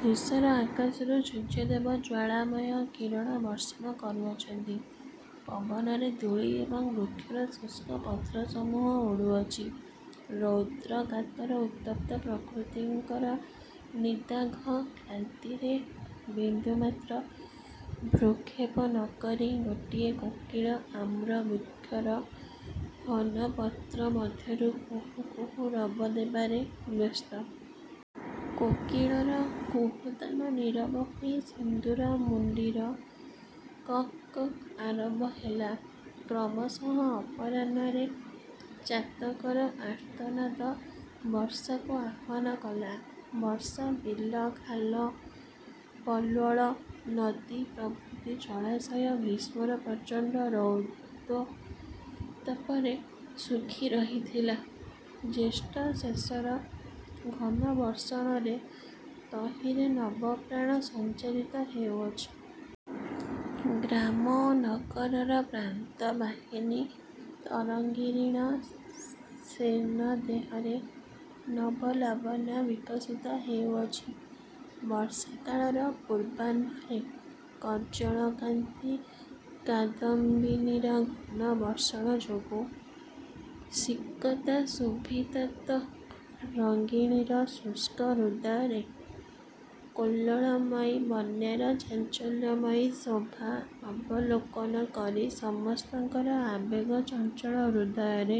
ଧୂସର ଆକାଶରୁ ସୂର୍ଯ୍ୟଦେବ ଜ୍ୱାଳାମୟ କିରଣ ବର୍ଷଣ କରୁଅଛନ୍ତି। ପବନରେ ଧୂଳି ଏବଂ ବୃକ୍ଷର ଶୁଷ୍କ ପତ୍ରସମୂହ ଉଡ଼ୁଅଛି, ରୌଦ୍ରକାତର ଉତ୍ତପ୍ତ ପ୍ରକୃତିଙ୍କର ନିଦାଘ କ୍ଳାନ୍ତିରେ ବିନ୍ଦୁମାତ୍ର ଭ୍ରୂକ୍ଷେପ ନ କରି ଗୋଟିଏ କୋକିଳ ଆମ୍ର ବୃକ୍ଷର ଘନ ପତ୍ର ମଧ୍ୟରୁ କୁହୁ କୁହୁ ରବ ଦେବାରେ ବ୍ୟସ୍ତ। କୋକିଳର କୁହୁତାନ ନୀରବ ହୋଇ ସିନ୍ଦୂରମୁଣ୍ଡିର କକ୍ କକ୍ ଆରମ୍ଭ ହେଲା। କ୍ରମଶଃ ଅପରାହ୍ଣରେ ଚାତକର ଆର୍ତ୍ତନାଦ ବର୍ଷାକୁ ଆହ୍ୱାନ କଲା। ବର୍ଷା ବିଲ, ଖାଲ, ପଲ୍ୱଳ ନଦୀ ପ୍ରଭୃତି ଜଳାଶୟ ଗ୍ରୀଷ୍ମର ପ୍ରଚଣ୍ଡ ରୌଦ୍ରୋତ୍ତାପରେ ଶୁଖି ରହିଥିଲା, ଜ୍ୟେଷ୍ଠ ଶେଷର ଘନ ବର୍ଷଣରେ ତହିଁରେ ନବପ୍ରାଣ ସଞ୍ଚାରିତ ହେଉଅଛି। ଗ୍ରାମ ଓ ନଗରର ପ୍ରାନ୍ତବାହିନୀ ତରଙ୍ଗିଣୀର ଶୀର୍ଣ୍ଣ ଦେହରେ ନବ ଲାବଣ୍ୟ ବିକଶିତ ହେଉଅଛି। ବର୍ଷାକାଳର ପୂର୍ବାହ୍ଣରେ କଜ୍ଜଳକାନ୍ତି କାଦମ୍ବିନୀର ଘନ ବର୍ଷଣ ଯୋଗୁଁ ସିକତାଶୋଭିତାତରଙ୍ଗିଣୀର ଶୁଷ୍କ ହୃଦୟରେ କଲ୍ଲୋଳମୟୀ ବନ୍ୟାର ଚାଞ୍ଚଲ୍ୟମୟୀ ଶୋଭା ଅବଲୋକନ କରି ସମସ୍ତଙ୍କର ଆବେଗ ଚଞ୍ଚଳ ହୃଦୟରେ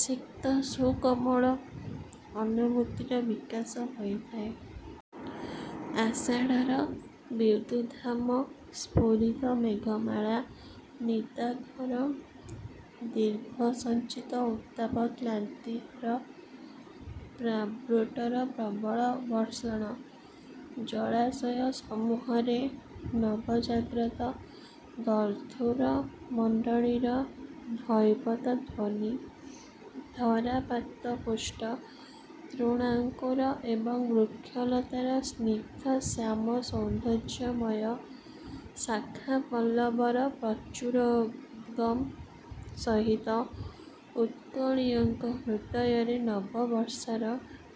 ସିକ୍ତ ସୁକୋମଳ ଅନୁଭୂତିର ବିକାଶ ହୋଇଥାଏ। ଆଷାଢ଼ର ବିଦ୍ୟୁଦ୍ଦାମସ୍ଫୁରିତ ମେଘମାଳା, ନିଦାଘର ଦୀର୍ଘସଞ୍ଚିତ ଉତ୍ତାପ କ୍ଳାନ୍ତିହର ପ୍ରାବୃଟର ପ୍ରବଳ ବର୍ଷଣ, ଜଳାଶୟସମୂହରେ ନବଜାଗ୍ରତ ଦର୍ଦ୍ଦୂରମଣ୍ଡଳୀର ଧୈବତ ଧ୍ୱନି ଧାରାପାତପୁଷ୍ଟ ତୃଣାଙ୍କୁର ଏବଂ ବୃକ୍ଷ ଲତାର ସ୍ନିଗ୍ଧ ଶ୍ୟାମ ସୌନ୍ଦର୍ଯ୍ୟମୟ ଶାଖାପଲ୍ଲବର ପ୍ରଚୁରୋଦ୍ଗମ ସହିତ ଉତ୍କଳୀୟଙ୍କ ହୃଦୟରେ ନବବର୍ଷାର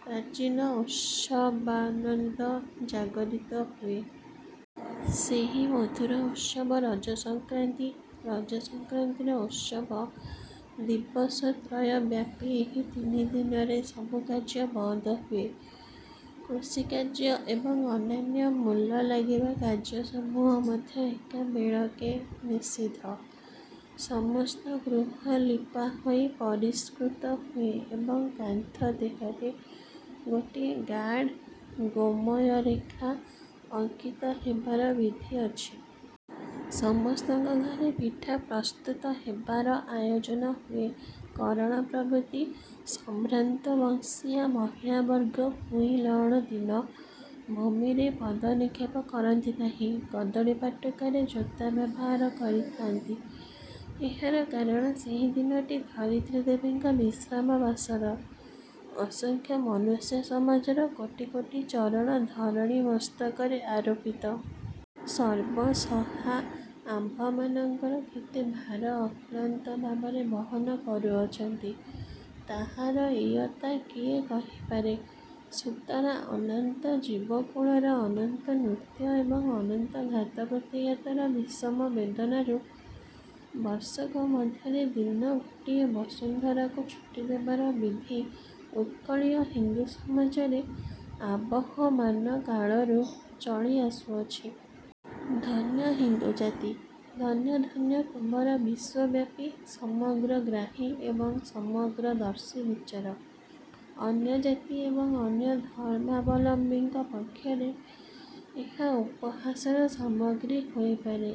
ପ୍ରାଚୀନ ଉତ୍ସବାନନ୍ଦ ଜାଗରିତ ହୁଏ। ସେହି ମଧୁର ଉତ୍ସବ ରଜସଂକ୍ରାନ୍ତି। ରଜସଂକ୍ରାନ୍ତିର ଉତ୍ସବ ଦିବସତ୍ରୟବ୍ୟାପୀ ଏହି ତିନି ଦିନରେ ସବୁ କାର୍ଯ୍ୟ ବନ୍ଦ ହୁଏ। କୃଷିକାର୍ଯ୍ୟ ଏବଂ ଅନ୍ୟାନ୍ୟ ମୂଲ ଲାଗିବା କାର୍ଯ୍ୟସମୂହ ମଧ୍ୟ ଏକାବେଳକେ ନିଷିଦ୍ଧ। ସମସ୍ତ ଗୃହ ଲିପା ହୋଇ ପରିଷ୍କୃତ ହୁଏ ଏବଂ କାନ୍ଥ ଦେହରେ ଗୋଟିଏ ଗାଢ଼ ଗୋମୟ ରେଖା ଅଙ୍କିତ ହେବାର ବିଧି ଅଛି। ସମସ୍ତଙ୍କ ଘରେ ପିଠା ପ୍ରସ୍ତୁତ ହେବାର ଆୟୋଜନ ହୁଏ। କରଣ ପ୍ରଭୃତି ସମ୍ଭ୍ରାନ୍ତବଂଶୀୟା ମହିଳାବର୍ଗ ଭୂଇଁଲଅଁଣ ଦିନ ଭୂମିରେ ପଦନିକ୍ଷେପ କରନ୍ତି ନାହିଁ, କଦଳୀପଟୁକାର ଜୋତା ବ୍ୟବହାର କରିଥାନ୍ତି। ଏହାର କାରଣ, ସେହି ଦିନଟି ଧରିତ୍ରୀଦେବୀଙ୍କ ବିଶ୍ରାମ ବାସର। ଅସଂଖ୍ୟ ମନୁଷ୍ୟସମାଜର କୋଟି କୋଟି ଚରଣ ଧରଣୀ ମସ୍ତକରେ ଆରୋପିତ। ସର୍ବଂସହା ଆମ୍ଭମାନଙ୍କର କେତେ ଭାର ଅକ୍ଳାନ୍ତଭାବରେ ବହନ କରୁଅଛନ୍ତି, ତାହାର ଇୟତ୍ତା କିଏ କହିପାରେ ସୁତରାଂ ଅନନ୍ତ ଜୀବକୁଳର ଅନନ୍ତ ନୃତ୍ୟ ଏବଂ ଅନନ୍ତ ଘାତପ୍ରତିଘାତର ବିଷମ ବେଦନାରୁ ବର୍ଷକ ମଧ୍ୟରେ ଦିନ ଗୋଟିଏ ବସୁନ୍ଧରାକୁ ଛୁଟି ଦେବାର ବିଧି ଉତ୍କଳୀୟ ହିନ୍ଦୁସମାଜରେ ଆବହମାନକାଳରୁ ଚଳି ଆସୁଅଛି। ଧନ୍ୟ ହିନ୍ଦୁ ଜାତି! ଧନ୍ୟ ଧନ୍ୟ ତୁମ୍ଭର ବିଶ୍ୱବ୍ୟାପୀ ସମଗ୍ରଗ୍ରାହୀ ଏବଂ ସମଗ୍ରଦର୍ଶୀ ବିଚାର। ଅନ୍ୟ ଜାତି ଏବଂ ଅନ୍ୟ ଧର୍ମାବଲମ୍ବିଙ୍କ ପକ୍ଷରେ ଏହା ଉପହାସର ସାମଗ୍ରୀ ହୋଇ ପାରେ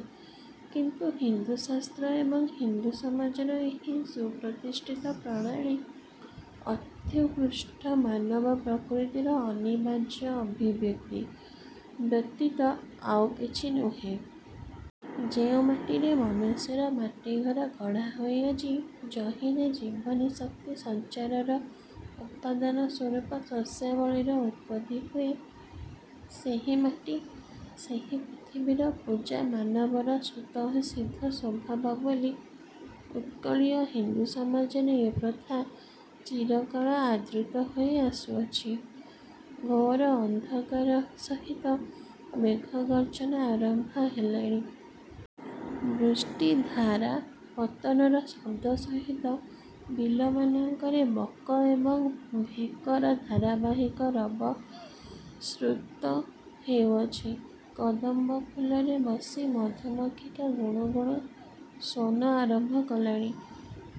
କିନ୍ତୁ ହିନ୍ଦୁଶାସ୍ତ୍ର ଏବଂ ହିନ୍ଦୁସମାଜର ଏହି ସୁପ୍ରତିଷ୍ଠିତ ପ୍ରଣାଳୀ ଅତ୍ୟୁତ୍କୃଷ୍ଟ ମାନବପ୍ରକୃତିର ଅନିବାର୍ଯ୍ୟ ଅଭିବ୍ୟକ୍ତି ବ୍ୟତୀତ ଆଉ କିଛି ନୁହେ। ଯେଉଁ ମାଟିରେ ମନୁଷ୍ୟର ମାଟିଘଟ ଗଢ଼ା ହୋଇଅଛି, ଯହିଁରେ ଜୀବନୀ ଶକ୍ତି ସଞ୍ଚାରର ଉପାଦାନସ୍ୱରୂପ ଶସ୍ୟାବଳୀର ଉତ୍ପତ୍ତି ହୁଏ, ସେହି ମାଟି ସେହି ପୃଥିବୀର ପୂଜା ମାନବର ସ୍ୱତଃସିଦ୍ଧ ସ୍ୱଭାବ ବୋଲି ଉତ୍କଳୀୟ ହିନ୍ଦୁସମାଜରେ ଏ ପ୍ରଥା ଚିରକାଳ ଆଦୃତ ହୋଇ ଆସୁଅଛି! ଘୋର ଅନ୍ଧକାର ସହିତ ମେଘଗର୍ଜ୍ଜନ ଆରମ୍ଭ ହେଲାଣି। ବୃଷ୍ଟିଧାରାପତନର ଶବ୍ଦ ସହିତ ବିଲମାନଙ୍କରେ ବକ ଏବଂ ଭେକର ଧାରାବାହିକ ରବ ଶ୍ରୁତ ହେଉଅଛି। କଦମ୍ବ ଫୁଲରେ ବସି ମଧୁମକ୍ଷିକା ଗୁଣୁ ଗୁଣୁ ସ୍ୱନ ଆରମ୍ଭ କଲାଣି।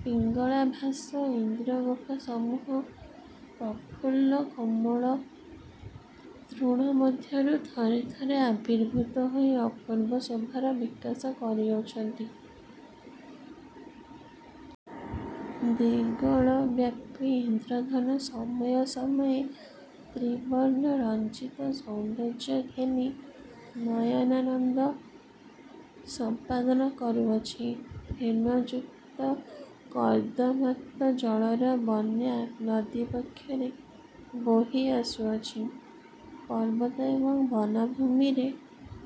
ପିଙ୍ଗଳାଭାସ ଇନ୍ଦ୍ରଗୋପସମୂହ ପ୍ରଫୁଲ୍ଲ କୋମଳ ତୃଣ ମଧ୍ୟରୁ ଥରେ ଥରେ ଆବିର୍ଭୂତ ହୋଇ ଅପୂର୍ବ ଶୋଭାର ବିକାଶ କରୁଅଛନ୍ତି। ଦିଗ୍ବଳୟବ୍ୟାପୀ ଇନ୍ଦ୍ରଧନୁ ସମୟେ ସମୟେ ତ୍ରିବର୍ଣ୍ଣ ରଞ୍ଜିତ ସୌନ୍ଦର୍ଯ୍ୟ ଘେନି ନୟନାନନ୍ଦ ସମ୍ପାଦନ କରୁଅଛି। ଫେନଯୁକ୍ତ କର୍ଦମାକ୍ତ ଜଳର ବନ୍ୟା ନଦୀବକ୍ଷରେ ବୋହି ଆସୁଅଛି। ପର୍ବତ ଏବଂ ବନଭୂମିରେ